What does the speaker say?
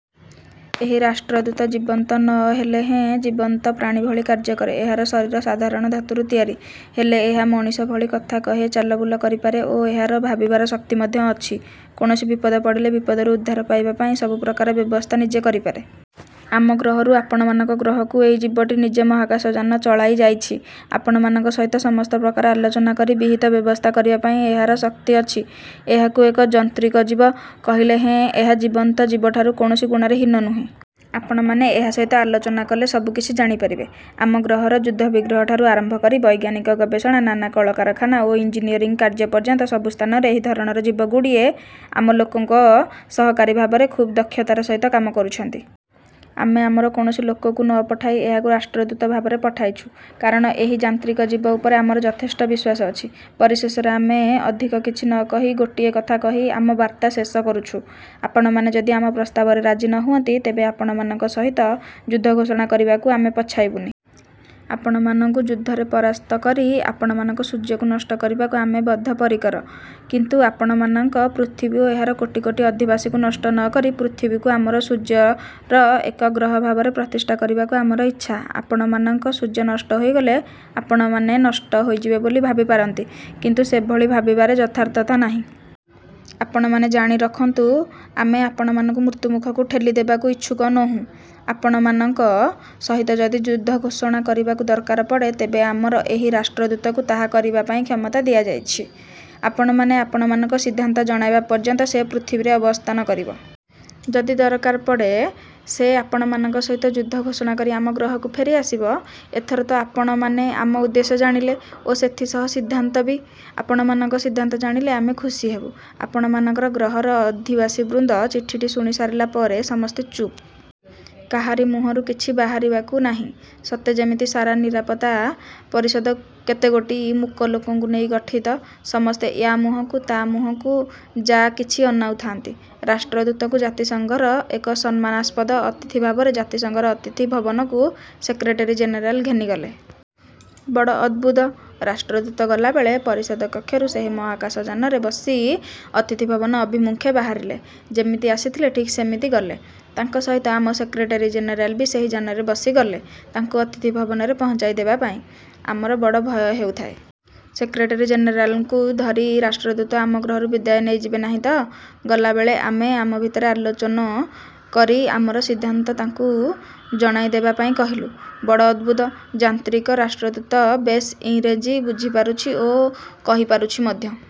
ଏହି ରାଷ୍ଟ୍ରଦୂତ ଜୀବନ୍ତ ନ ହେଲେ ହେଁ ଜୀବନ୍ତ ପ୍ରାଣୀ ଭଳି କାର୍ଯ୍ୟ କରେ। ଏହାର ଶରୀର ସାଧାରଣ ଧାତୁରୁ ତିଆରି। ହେଲେ ଏହା ମଣିଷ ଭଳି କଥା କହେ ଚାଲବୁଲା କରିପାରେ ଓ ଏହାର ଭାବିବାର ଶକ୍ତି ମଧ୍ୟ ଅଛି। କୌଣସି ବିପଦ ପଡ଼ିଲେ, ବିପଦରୁ ଉଦ୍ଧାର ପାଇବା ପାଇଁ ସବୁପ୍ରକାର ବ୍ୟବସ୍ଥା ନିଜେ କରିପାରେ। ଆମ ଗ୍ରହରୁ ଆପଣମାନଙ୍କ ଗ୍ରହକୁ ଏହି ଜୀବଟି ନିଜେ ମହାକାଶଯାନ ଚଳାଇ ଯାଇଛି। ଆପଣମାନଙ୍କ ସହିତ ସମସ୍ତ ପ୍ରକାର ଆଲୋଚନା କରି ବିହିତ ବ୍ୟବସ୍ଥା କରିବା ପାଇଁ ଏହାର ଶକ୍ତି ଅଛି। ଏହାକୁ ଏକ ଯନ୍ତ୍ରୀକଜିବ କହିଲେ ହେଁ ଏହା ଜୀବନ୍ତ ଜୀବଠାରୁ କୌଣସି ଗୁଣରେ ହୀନ ନୁହେଁ। ଆପଣମାନେ ଏହା ସହିତ ଆଲୋଚନା କଲେ ସବୁ କିଛି ଜାଣିପାରିବେ। ଆମ ଗ୍ରହର ଯୁଦ୍ଧବିଗ୍ରହଠାରୁ ଆରମ୍ଭ କରି ବୈଜ୍ଞାନିକ ଗବେଷଣା, ନାନା କଳକାରଖାନା ଓ ଇଂଜିନିୟରିଂ କାର୍ଯ୍ୟ ପର୍ଯ୍ୟନ୍ତ ସବୁ ସ୍ଥାନରେ ଏହି ଧରଣର ଜୀବଗୁଡ଼ିଏ ଆମ ଲୋକଙ୍କ ସହକାରୀ ଭାବରେ ଖୁବ୍ ଦକ୍ଷତାର ସହିତ କାମ କରୁଛନ୍ତି। ଆମେ ଆମର କୌଣସି ଲୋକକୁ ନ ପଠାଇ ଏହାକୁ ରାଷ୍ଟ୍ରଦୂତ ଭାବରେ ପଠାଇଛୁ, କାରଣ ଏହି ଯାନ୍ତ୍ରିକ ଯିବ ଉପରେ ଆମର ଯଥେଷ୍ଟ ବିଶ୍ୱାସ ଅଛି। ପରିଶେଷରେ ଆମେ ଅଧିକ କିଛି ନ କହି ଗୋଟିଏ କଥା କହି ଆମ ବାର୍ତ୍ତା ଶେଷ କରୁଛୁ। ଆପଣମାନେ ଯଦି ଆମ ପ୍ରସ୍ତାବରେ ରାଜି ନ ହୁଅନ୍ତି, ତେବେ ଆପଣମାନଙ୍କ ସହିତ ଯୁଦ୍ଧ ଘୋଷଣା କରିବାକୁ ଆମେ ପଛାଇବୁନି। ଆପଣମାନଙ୍କୁ ଯୁଦ୍ଧରେ ପରାସ୍ତକରି ଆପଣମାନଙ୍କ ସୂର୍ଯ୍ୟକୁ ନଷ୍ଟ କରିବାକୁ ଆମେ ବଦ୍ଧପରିକର। କିନ୍ତୁ ଆପଣମାନଙ୍କ ପୃଥିବୀ ଓ ଏହାର କୋଟି କୋଟି ଅଧିବାସୀଙ୍କୁ ନଷ୍ଟ ନ କରି ପୃଥିବୀକୁ ଆମ ସୂର୍ଯ୍ୟର ଏକ ଗ୍ରହ ଭାବରେ ପ୍ରତିଷ୍ଠା କରିବାକୁ ଆମର ଇଚ୍ଛା। ଆପଣମାନଙ୍କ ସୂର୍ଯ୍ୟ ନଷ୍ଟ ହୋଇଗଲେ, ଆପଣମାନେ ନଷ୍ଟ ହୋଇଯିବେ ବୋଲି ଭାବିପାରନ୍ତି; କିନ୍ତୁ ସେଭଳି ଭାବିବାରେ ଯଥାର୍ଥତା ନାହିଁ। ଆପଣମାନେ ଜାଣି ରଖନ୍ତୁ ଆମେ ଆପଣମାନଙ୍କୁ ମୃତ୍ୟୁମୂଖକୁ ଠେଲିଦେବାକୁ ଇଛୁକ ନୋହୁଁ। ଆପଣମାନଙ୍କ ସହିତ ଯଦି ଯୁଦ୍ଧ ଘୋଷଣା କରିବାକୁ ଦରକାର ପଡ଼େ, ତେବେ ଆମର ଏହି ରାଷ୍ଟ୍ରଦୂତକୁ ତାହା କରିବା ପାଇଁ କ୍ଷମତା ଦିଆଯାଇଛି। ଆପଣମାନେ ଆପଣମାନଙ୍କ ସିଦ୍ଧାନ୍ତ ଜଣାଇବା ପର୍ଯ୍ୟନ୍ତ ସେ ପୃଥିବୀରେ ଅବସ୍ଥାନ କରିବ। ଯଦି ଦରକାର ପଡ଼େ, ସେ ଆପଣମାନଙ୍କ ସହିତ ଯୁଦ୍ଧ ଘୋଷଣା କରି ଆମ ଗ୍ରହକୁ ଫେରିଆସିବ। ଏଥର ତ ଆପଣମାନେ ଆମ ଉଦ୍ଦେଶ୍ୟ ଜାଣିଲେ, ଓ ସେଥିସହ ସିଦ୍ଧାନ୍ତ ବି ଆପଣମାନଙ୍କ ସିଦ୍ଧାନ୍ତ ଜାଣିଲେ ଆମେ ଖୁସିହେବୁ। ଆପଣମାନଙ୍କର ଗ୍ରହର ଅଧିବାସୀବୃନ୍ଦ ଚିଠିଟି ଶୁଣି ସାରିବା ପରେ ସମସ୍ତେ ଚୁପ୍। କାହାରି ମୁହଁରୁ କିଛି ବାହାରିବାକୁ ନାହିଁ। ସତେ ଯେମିତି ସାରା ନିରାପତ୍ତା ପରିଷଦ କେତେଗୋଟି ମୂକ ଲୋକଙ୍କୁ ନେଇ ଗଠିତ। ସମସ୍ତେ ୟା ମୁହଁକୁ ତା ମୁହଁକୁ ଯା କିଛି ଅନାଉଥାନ୍ତି। ରାଷ୍ଟ୍ରଦୂତଙ୍କୁ ଜାତିସଙ୍ଘର ଏକ ସମ୍ମାନାସ୍ପଦ ଅତିଥିଭାବରେ ଜାତିସଂଘର ଅତିଥି ଭବନକୁ ସେକ୍ରେଟେରୀ ଜେନେରାଲ ଘେନିଗଲେ। ବଡ଼ ଅଦ୍ଭୁତ, ରାଷ୍ଟ୍ରଦୂତ ଗଲାବେଳେ ପରିଷଦ କକ୍ଷରୁ ସେହି ମହାକାଶଯାନରେ ବସି ଅତିଥିଭବନ ଅଭିମୁଁଖେ ବାହାରିଗଲେ। ଯେମିତି ଆସିଥିଲେ ଠିକ୍ ସେମିତି ଗଲେ। ତାଙ୍କ ସହିତ ଆମ ସେକ୍ରେଟେରୀ ଜେନେରାଲ ବି ସେହି ଯାନରେ ବସି ଗଲେ। ତାଙ୍କୁ ଅତିଥି ଭବନରେ ପହଞ୍ଚାଇ ଦେବାପାଇଁ। ଆମର ବଡ଼ ଭୟ ହେଉଥାଏ। ସେକ୍ରେଟେରୀ ଜେନେରାଲଙ୍କୁ ଧରି ରାଷ୍ଟ୍ରଦୂତ ଆମ ଗ୍ରହରୁ ବିଦାୟ ନେଇଯିବ ନାହିଁତ? ଗଲାବେଳେ ଆମେ ଆମ ଭିତରେ ଆଲୋଚନ କରି ଆମର ସିଦ୍ଧାନ୍ତ ତାଙ୍କୁ ଜଣାଇଦେବା ପାଇଁ କହିଲୁ। ବଡ଼ ଅଦ୍ଭୁତ। ଯାନ୍ତ୍ରିକ ରାଷ୍ଟ୍ରଦୂତ ବେଶ୍ ଇଂରେଜୀ ବୁଝିପାରୁଛି ଓ କହି ପାରୁଛି ମଧ୍ୟ